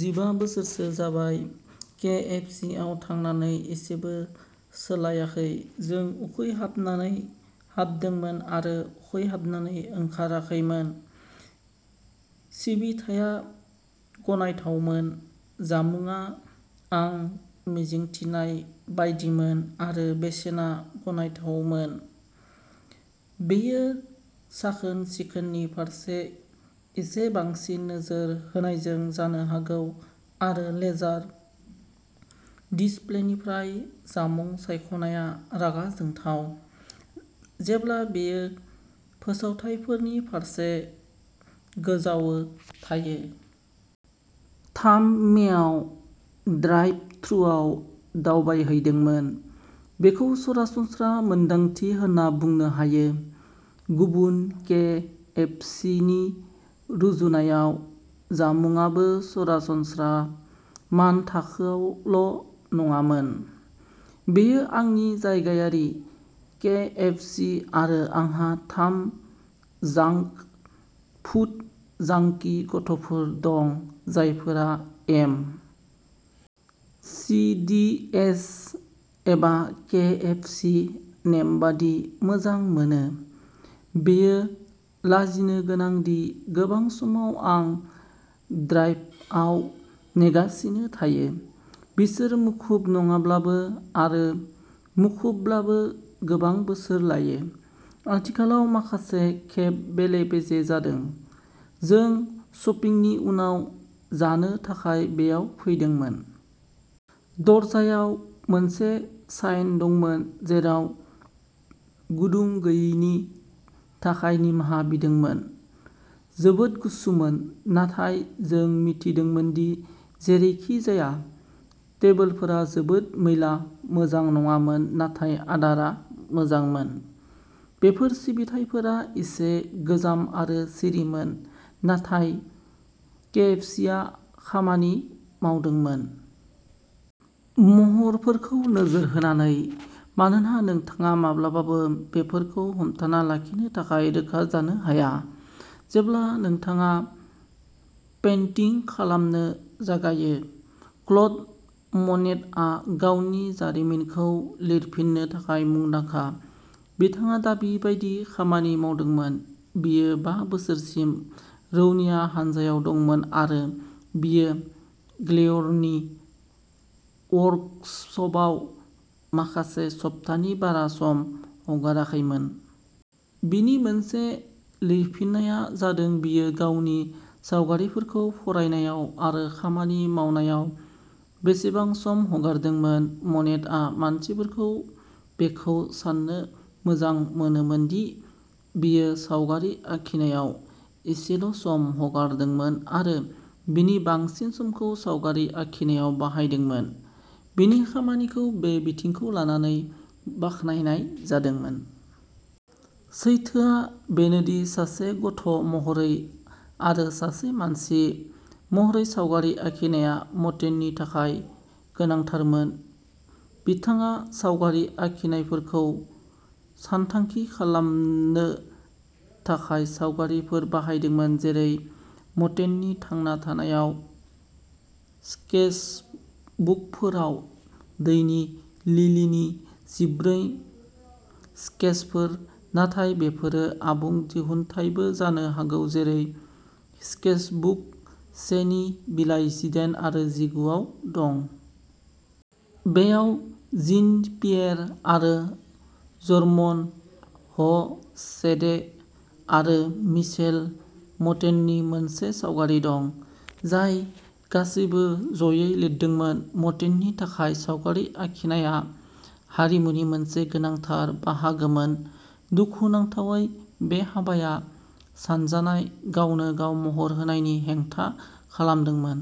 "जिबा बोसोरसो जाबाय, के." एफ. सि. आव थांनानै एसेबो सोलायाखै। जों उखैहाबनानै हाबदोंमोन आरो उखैहाबनानै ओंखाराखैमोन।" सिबिथाया गनायथावमोन, जामुंआ आं मिजिंथिनाय बायदिमोन आरो बेसेना गनायथावमोन। "बेयो साखोन-सिखोननि फारसे एसे बांसिन नोजोर होनायजों जानो हागौ, आरो लेजार डिस्प्लेनिफ्राय जामुं सायख'नाया रागा जोंथाव, जेब्ला बेयो फोसावथायफोरनि फारसे गोजावो थायो।" "थाम मेआव ड्राइभ-थ्रुआव दावबायहैदोंमोन। बेखौ सरासनस्रा मोनदांथि होनना बुंनो हायो, गुबुन के. एफ. सि. नि रुजुनायाव जामुंआबो सरासनस्रा मानथाखोआवल'नङामोन।" "बेयो आंनि जायगायारि के. एफ. सि. आरो आंहा थाम जांक फुड जांकि गथ'फोर दं, जायफोरा एम. सि. डि. एस. एबा के. एफ. सि. नेमबादि मोजां मोनो।" बेयो लाजिनोगोनां दि गोबां समाव आं ड्राइभआव नेगासिनो थायो, बिसोर मुखुब नङाब्लाबो आरो मुखुबब्लाबो गोबां बोसोर लायो। आथिखालाव माखासे खेब बेले-बेजे जादों। "" जों शपिंनि उनाव जानो थाखाय बेयाव फैदोंमोन। "दरजायाव मोनसे साइन दंमोन, जेराव गुदुं गैयैनि थाखाय निमाहा बिदोंमोन। जोबोद गुसुमोन, नाथाय जों मिथिदोंमोन दि जेरैखिजाया टेबोलफोरा जोबोद मैला, मोजां नङामोन नाथाय आदारा मोजांमोन।" "बेफोर सिबिथाइफोरा एसे गोजाम आरो सिरिमोन, नाथाय केएफसिआ खामानि मावदोंमोन।" महरफोरखौ नोजोर होनानै, मानोना नोंथाङा माब्लाबाबो बेफोरखौ हमथाना लाखिनो थाखाय रोखा जानो हाया, जेब्ला नोंथाङा पेन्टिं खालामनो जागायो। क्ल'ड मनेटआ गावनि जारिमिनखौ लिरफिन्नो थाखाय मुंदांखा। बिथाङा दाबि बायदि खामानि मावदोंमोन। बियो बा बोसोरसिम रौनिया हानजायाव दंमोन आरो बियो ग्लेयरनि वर्कसपआव माखासे सप्तानि बारा सम हगाराखैमोन। बिनि मोनसे लिरफिननाया जादों बियो गावनि सावगारिफोरखौ फरायनायाव आरो खामानि मावनायाव बेसेबां सम हगारदोंमोन। मनेटआ मानसिफोरखौ बेखौ सान्नो मोजां मोनोमोन दि बियो सावगारि आखिनायाव एसेल'सम हगारदोंमोन आरो बिनि बांसिन समखौ सावगारि आखिनायाव बाहायदोंमोन, बिनि खामानिखौ बे बिथिंखौ लानानै बाख्नायनाय जादोंमोन। सैथोआ बेनोदि सासे गथ'महरै आरो सासे मानसि महरै सावगारि आखिनाया मनेटनि थाखाय गोनांथारमोन। बिथाङा सावगारि आखिनायफोरखौ सानथांखि खालामनो थाखाय सावगारिफोर बाहायदोंमोन, जेरै मनेटनि थांना थानाय स्केचबुकफोराव दैनि लिलिनि जिब्रै स्केचफोर, नाथाय बेफोरो आबुं दिहुनथायबो जानो हागौ जेरै स्केचबुक से नि बिलाइ जिदाइन आरो जिगु आव दं। बेयाव जीन-पियेर आरो जर्मेन ह'शेडे आरो मिशेल मनेटनि मोनसे सावगारि दं, जाय गासैबो ज'यै लिरदोंमोन। मनेटनि थाखाय, सावगारि आखिनायआ आरिमुनि मोनसे गोनांथार बाहागोमोन; दुखुनांथावै बे हाबाया सानजानाय गावनो-गाव महर होनायनि हेंथा खालामदोंमोन।